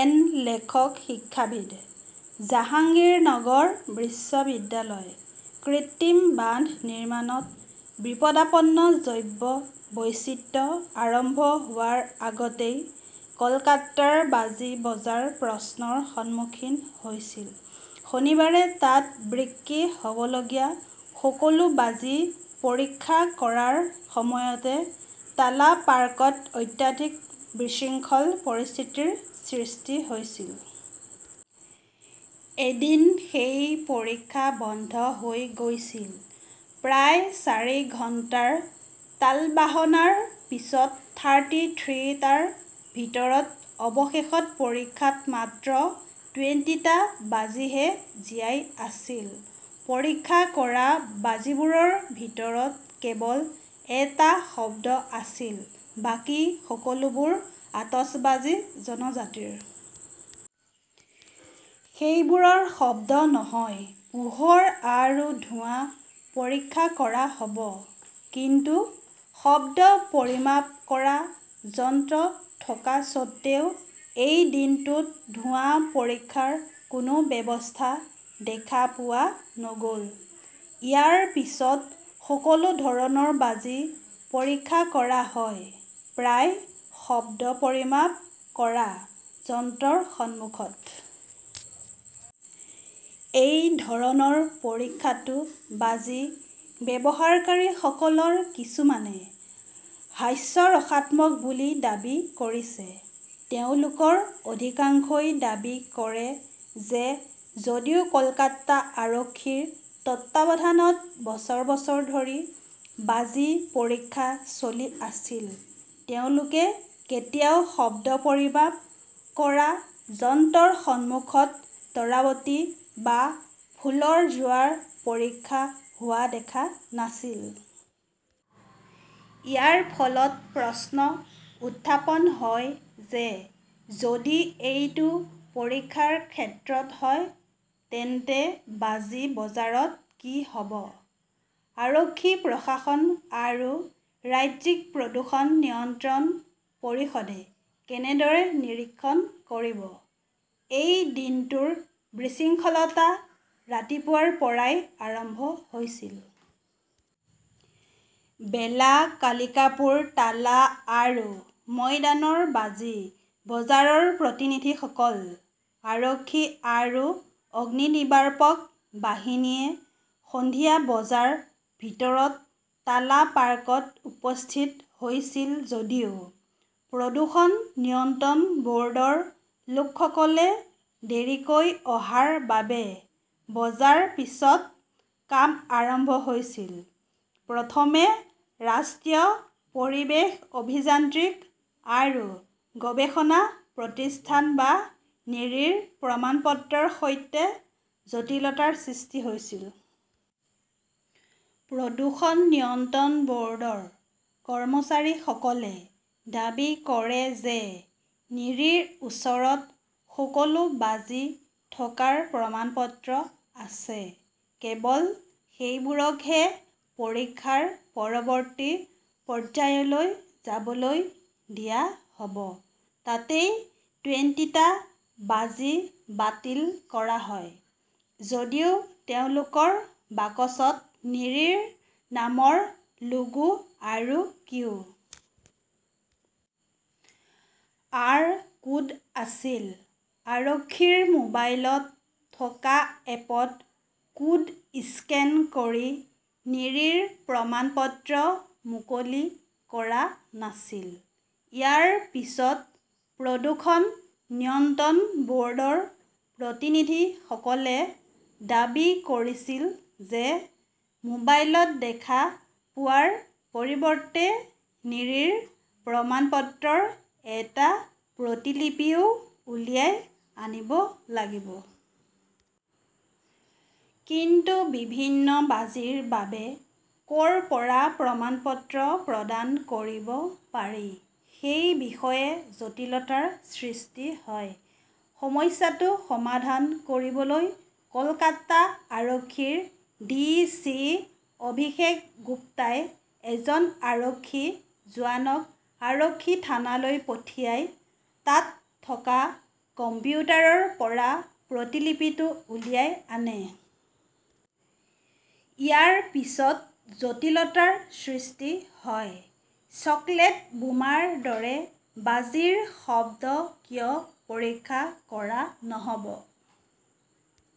N লেখক শিক্ষাবিদ, জাহাংগীৰনগৰ বিশ্ববিদ্যালয়। কৃত্ৰিম বান্ধ নিৰ্মাণত বিপদাপন্ন জৈৱ বৈচিত্ৰ্য আৰম্ভ হোৱাৰ আগতেই কলকাতাৰ বাজি বজাৰ প্ৰশ্নৰ সন্মুখীন হৈছিল। শনিবাৰে তাত বিক্ৰী হʼবলগীয়া সকলো বাজি পৰীক্ষা কৰাৰ সময়তে টালা পাৰ্কত অত্যাধিক বিশৃংখল পৰিস্থিতিৰ সৃষ্টি হৈছিল। এদিন সেই পৰীক্ষা বন্ধ হৈ গৈছিল। প্ৰায় চাৰি ঘণ্টাৰ তালবাহনাৰ পিছত থাৰ্টি থ্ৰী টাৰ ভিতৰত অৱশেষত পৰীক্ষাত মাত্ৰ টুয়েণ্টি টা বাজিহে জীয়াই আছিল। পৰীক্ষা কৰা বাজিবোৰৰ ভিতৰত কেৱল এটা শব্দ আছিল। বাকী সকলোবোৰ আতচবাজী জনজাতিৰ। সেইবোৰৰ শব্দ নহয়, পোহৰ আৰু ধোঁৱা পৰীক্ষা কৰা হ 'ব। কিন্তু শব্দ পৰিমাপ কৰা যন্ত্ৰ থকা স্বত্বেও, এই দিনটোত ধোঁৱা পৰীক্ষাৰ কোনো ব্যৱস্থা দেখা পোৱা নগʼল! ইয়াৰ পিছত সকলো ধৰণৰ বাজি পৰীক্ষা কৰা হয়, প্ৰায় শব্দ পৰিমাপ কৰা যন্ত্ৰৰ সন্মুখত! এই ধৰণৰ পৰীক্ষাটো বাজি ব্যৱহাৰকাৰীসকলৰ কিছুমানে হাস্যৰসাত্মক বুলি দাবী কৰিছে। তেওঁলোকৰ অধিকাংশই দাবী কৰে যে যদিও কলকাতা আৰক্ষীৰ তত্বাৱধানত বছৰ বছৰ ধৰি বাজি পৰীক্ষা চলি আছিল, তেওঁলোকে কেতিয়াও শব্দ পৰিমাপ কৰা যন্ত্ৰৰ সন্মুখত তৰাৱতী বা ফুলৰ জোৱাৰ পৰীক্ষা হোৱা দেখা নাছিল। ইয়াৰ ফলত প্ৰশ্ন উত্থাপন হয় যে যদি এইটো পৰীক্ষাৰ ক্ষেত্ৰত হয়, তেন্তে বাজি বজাৰত কি হ 'ব? আৰক্ষী-প্ৰশাসন আৰু ৰাজ্যিক প্ৰদূষণ নিয়ন্ত্ৰণ পৰিষদে কেনেদৰে নিৰীক্ষণ কৰিব? এই দিনটোৰ বিশৃংখলতা ৰাতিপুৱাৰ পৰাই আৰম্ভ হৈছিল। বেলা, কালিকাপুৰ, টালা আৰু ময়দানৰ বাজি বজাৰৰ প্ৰতিনিধিসকল, আৰক্ষী আৰু অগ্নিনিৰ্বাপক বাহিনীয়ে সন্ধিয়া বজাৰ ভিতৰত টালা পাৰ্কত উপস্থিত হৈছিল যদিও প্ৰদূষণ নিয়ন্ত্ৰণ বʼৰ্ডৰ লোকসকলে দেৰিকৈ অহাৰ বাবে বজাৰ পিছত কাম আৰম্ভ হৈছিল। প্ৰথমে ৰাষ্ট্ৰীয় পৰিৱেশ অভিযান্ত্ৰিক আৰু গৱেষণা প্ৰতিষ্ঠান বা নিৰীৰ প্ৰমাণপত্ৰৰ সৈতে জটিলতাৰ সৃষ্টি হৈছিল। প্ৰদূষণ নিয়ন্ত্ৰণ বʼৰ্ডৰ কৰ্মচাৰীসকলে দাবী কৰে যে নিৰীৰ ওচৰত সকলো বাজি থকাৰ প্ৰমাণপত্ৰ আছে, কেৱল সেইবোৰকহে পৰীক্ষাৰ পৰৱৰ্তী পৰ্যায়লৈ যাবলৈ দিয়া হʼব। তাতেই টুয়েণ্টি টা বাজি বাতিল কৰা হয়। যদিও তেওঁলোকৰ বাকচত নিৰীৰ নামৰ লোগো আৰু কিউ. আৰ. কোড আছিল, আৰক্ষীৰ মোবাইলত থকা এপত কোড স্কেন কৰি নিৰীৰ প্ৰমাণপত্ৰ মুকলি কৰা নাছিল। ইয়াৰ পিছত প্ৰদূষণ নিয়ন্ত্ৰণ বʼৰ্ডৰ প্ৰতিনিধিসকলে দাবী কৰিছিল যে মোবাইলত দেখা পোৱাৰ পৰিৱৰ্তে নিৰীৰ প্ৰমাণপত্ৰৰ এটা প্ৰতিলিপিও উলিয়াই আনিব লাগিব। কিন্তু বিভিন্ন বাজিৰ বাবে কʼৰ পৰা প্ৰমাণপত্ৰ প্ৰদান কৰিব পাৰি সেই বিষয়ে জটিলতাৰ সৃষ্টি হয়। সমস্যাটো সমাধান কৰিবলৈ কলকাতা আৰক্ষীৰ ডি. চি. অভিষেক গুপ্তাই এজন আৰক্ষী জোৱানক আৰক্ষী থানালৈ পঠিয়াই তাত থকা কম্পিউটাৰৰ পৰা প্ৰতিলিপিটো উলিয়াই আনে। ইয়াৰ পিছত জটিলতাৰ সৃষ্টি হয়, চকলেট বোমাৰ দৰে বাজিৰ শব্দ কিয় পৰীক্ষা কৰা নহ 'ব।